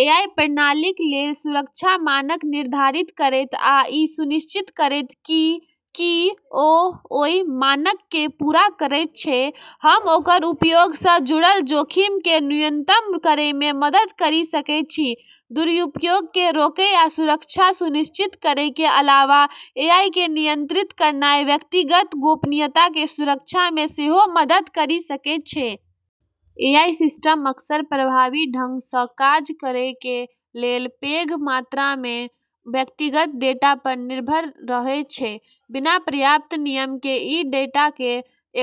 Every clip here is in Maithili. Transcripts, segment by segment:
एआई प्रणालीक लेल सुरक्षा मानक निर्धारित करैत आ इ सुनिश्चित करैत कि की ओ ओइ मानकके पूरा करैत छै, हम ओकर उपयोगसँ जुड़ल जोखिमके न्यूनतम करेमे मदद करि सकै छी। दुरुपयोगके रोकै आ सुरक्षा सुनिश्चित करैके अलावा, एआईके नियंत्रित करनाइ व्यक्तिगत गोपनीयताके सुरक्षामे सेहो मदद करि सकै छै। एआई सिस्टम अक्सर प्रभावी ढङ्गसँ काज करैके लेल पैघ मात्रामे व्यक्तिगत डेटा पर निर्भर रहै छै। बिना पर्याप्त नियमके, ई डाटाके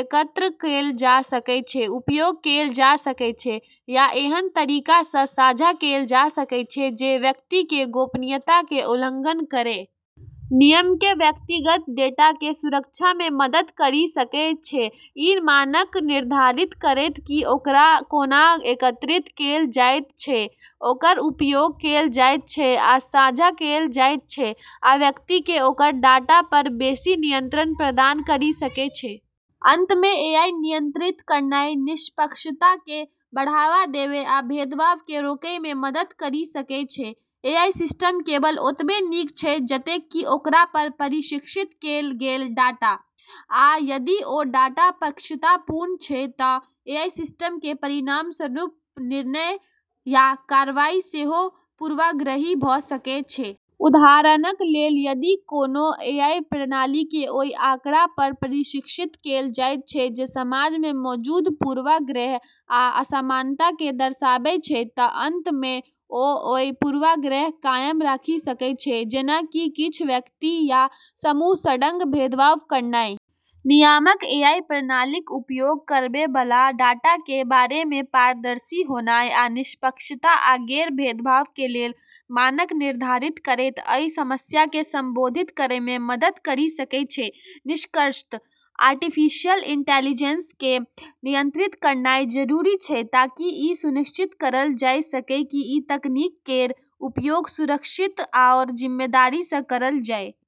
एकत्र कैल जा सकै छै, उपयोग कैल जा सकै छै या ऐहन तरीकासँ साझा कैल जा सकै छै जे व्यक्तिके गोपनीयताके उल्लंघन करै। नियमक व्यक्तिगत डेटाके सुरक्षामे मदद करि सकै छै, ई मानक निर्धारित करैत कि ओकरा कोना एकत्रित कैल जाइत छै, ओकर उपयोग कैल जाइत छै आ साझा कैल जाइत छै आ व्यक्तिके ओकर डाटा पर बेशी नियंत्रण प्रदान करि सकै छै। अंतमे, एआईके नियंत्रित करनाइ निष्पक्षताके बढ़ावा देबै आ भेदभावके रोकैमे मदद करि सकै छै। एआई सिस्टम केवल ओतबे नीक छै जतेक कि ओकरा पर प्रशिक्षित कैल गेल डाटा, आ यदि ओ डाटा पक्षपातपूर्ण छै, त' एआई सिस्टमके परिणामस्वरूप निर्णय या कार्रवाई सेहो पूर्वाग्रही भ' सकै छै। उदाहरणक लेल, यदि कोनो एआई प्रणालीके ओइ आँकड़ा पर प्रशिक्षित कैल जाइत छै जे समाजमे मौजूद पूर्वाग्रह आ असमानताके दर्शाबै छै, त' अंत मे ओ ओइ पूर्वाग्रहक कायम राखि सकै छै, जेना कि किछ व्यक्ति या समूहक सङ्ग भेदभाव करनाइ। नियामक एआई प्रणालीक उपयोग करैबला डाटाके बारेमे पारदर्शी होनाइ आ निष्पक्षता आ गैर-भेदभावके लेल मानक निर्धारित करैत अइ समस्याके संबोधित करैमे मदद करि सकै छै। निष्कर्षतः आर्टिफिशियल इंटेलिजेंसके नियंत्रित करनाइ जरूरी छै ताकि ई सुनिश्चित करल जाइ सकै कि ई तकनीक केर उपयोग सुरक्षित आओर जिम्मेदारीसँ करल जाइ ।